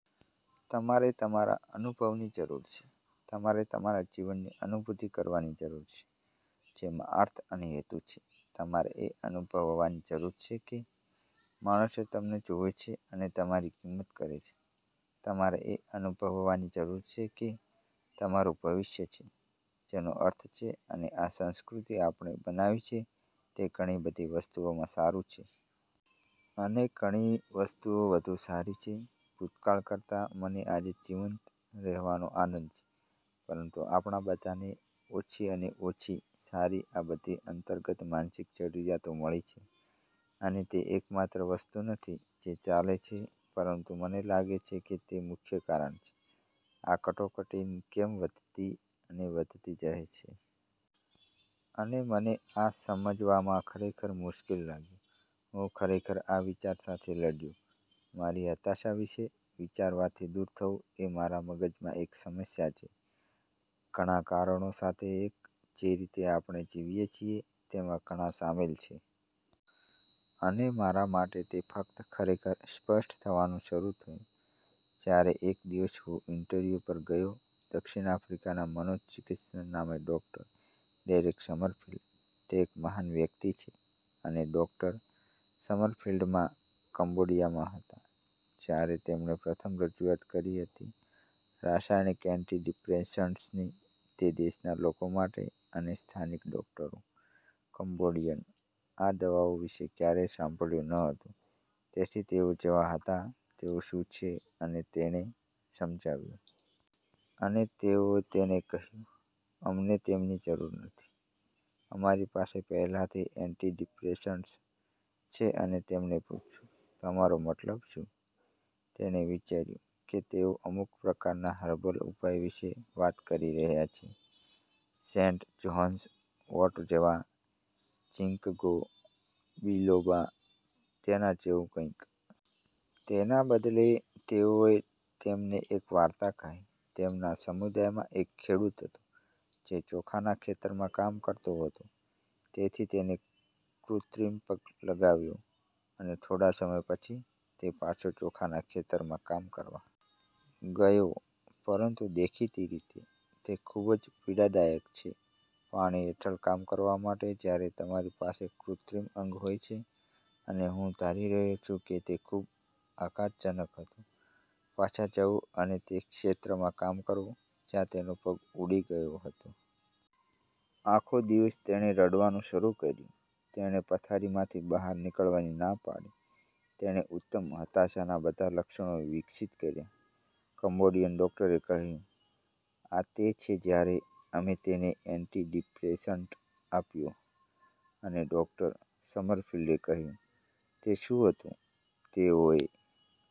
તમારે તમારા અનુભવની જરૂર છે. તમારે તમારા જીવનની અનુભૂતિ કરવાની જરૂર છે, જેમાં અર્થ અને હેતુ છે. તમારે એ અનુભવવાની જરૂર છે કે માણસો તમને જોવે છે અને તમારી કિંમત કરે છે. તમારે એ અનુભવવાની જરૂર છે કે તમારું ભવિષ્ય છે જેનો અર્થ છે અને આ સંસ્કૃતિ આપણે બનાવી છે તે ઘણી બધી વસ્તુઓમાં સારું છે. અને ઘણી વસ્તુઓ વધુ સારી છે ભૂતકાળ કરતાં. મને આજે જીવંત રહેવાનો આનંદ છે, પરંતુ આપણા બધાને ઓછી અને ઓછી સારી આ બધી અંતર્ગત માનસિક જરૂરિયાતો મળી છે. અને તે એકમાત્ર વસ્તુ નથી જે ચાલે છે, પરંતુ મને લાગે છે કે તે મુખ્ય કારણ છે આ કટોકટી કેમ વધતી અને વધતી રહે છે. અને મને આ સમજવામાં ખરેખર મુશ્કેલ લાગ્યું. હું ખરેખર આ વિચાર સાથે લડ્યો મારી હતાશા વિશે વિચારવાથી દૂર થવું એ મારા મગજમાં એક સમસ્યા છે, ઘણા કારણો સાથે એક, જે રીતે આપણે જીવીએ છીએ તેમાં ઘણા શામેલ છે. અને મારા માટે તે ફક્ત ખરેખર સ્પષ્ટ થવાનું શરૂ થયું, જ્યારે એક દિવસ હું ઇન્ટરવ્યૂ પર ગયો દક્ષિણ આફ્રિકાના મનોચિકિત્સક નામે ડૉક્ટર. Derek Sommerfeld. તે એક મહાન વ્યક્તિ છે. અને ડોક્ટર. સમરફિલ્ડ માં કંબોડિયામાં હતા, જ્યારે તેમણે પ્રથમ રજૂઆત કરી હતી રાસાયણિક એન્ટીડિપ્રેસન્ટ્સની તે દેશના લોકો માટે અને સ્થાનિક ડોકટરો, કંબોડિયન, આ દવાઓ વિશે ક્યારેય સાંભળ્યું ન હતું, તેથી તેઓ જેવા હતા, તેઓ શું છે અને તેણે સમજાવ્યું. અને તેઓએ તેને કહ્યું, અમને તેમની જરૂર નથી, અમારી પાસે પહેલાથી એન્ટીડિપ્રેસન્ટ્સ છે અને તેમને પૂછ્યું, "તમારો મતલબ શું? " તેણે વિચાર્યું કે તેઓ અમુક પ્રકારના હર્બલ ઉપાય વિશે વાત કરી રહ્યા છે, સેન્ટ જ્હોન્સ વોર્ટ જેવા, જિંકગો બિલોબા, તેના જેવું કંઇક. તેના બદલે, તેઓએ તેમને એક વાર્તા કહી. તેમના સમુદાયમાં એક ખેડૂત હતો જે ચોખાના ખેતરમાં કામ કરતો હતો. તેથી તેને કૃત્રિમ પગ લગાવ્યો, અને થોડા સમય પછી, તે પાછો ચોખાના ખેતરોમાં કામ કરવા ગયો, પરંતુ દેખીતી રીતે, તે ખૂબ જ પીડાદાયક છે પાણી હેઠળ કામ કરવા માટે જ્યારે તમારી પાસે કૃત્રિમ અંગ હોય છે, અને હું ધારી રહ્યો છું કે તે ખૂબ આઘાતજનક હતું પાછા જવું અને તે ક્ષેત્રમાં કામ કરવું જ્યાં તેનો પગ ઉડી ગયો હતો. આખો દિવસ તેણે રડવાનું શરૂ કર્યું, તેણે પથારીમાંથી બહાર નીકળવાની ના પાડી, તેણે ઉત્તમ હતાશાના બધા લક્ષણો વિકસિત કર્યા. કંબોડિયન ડોકટરે કહ્યું, "આ તે છે જ્યારે અમે તેને એન્ટીડિપ્રેસન્ટ આપ્યો. " અને ડોક્ટર. સમરફિલ્ડે કહ્યું, "તે શું હતું? " તેઓએ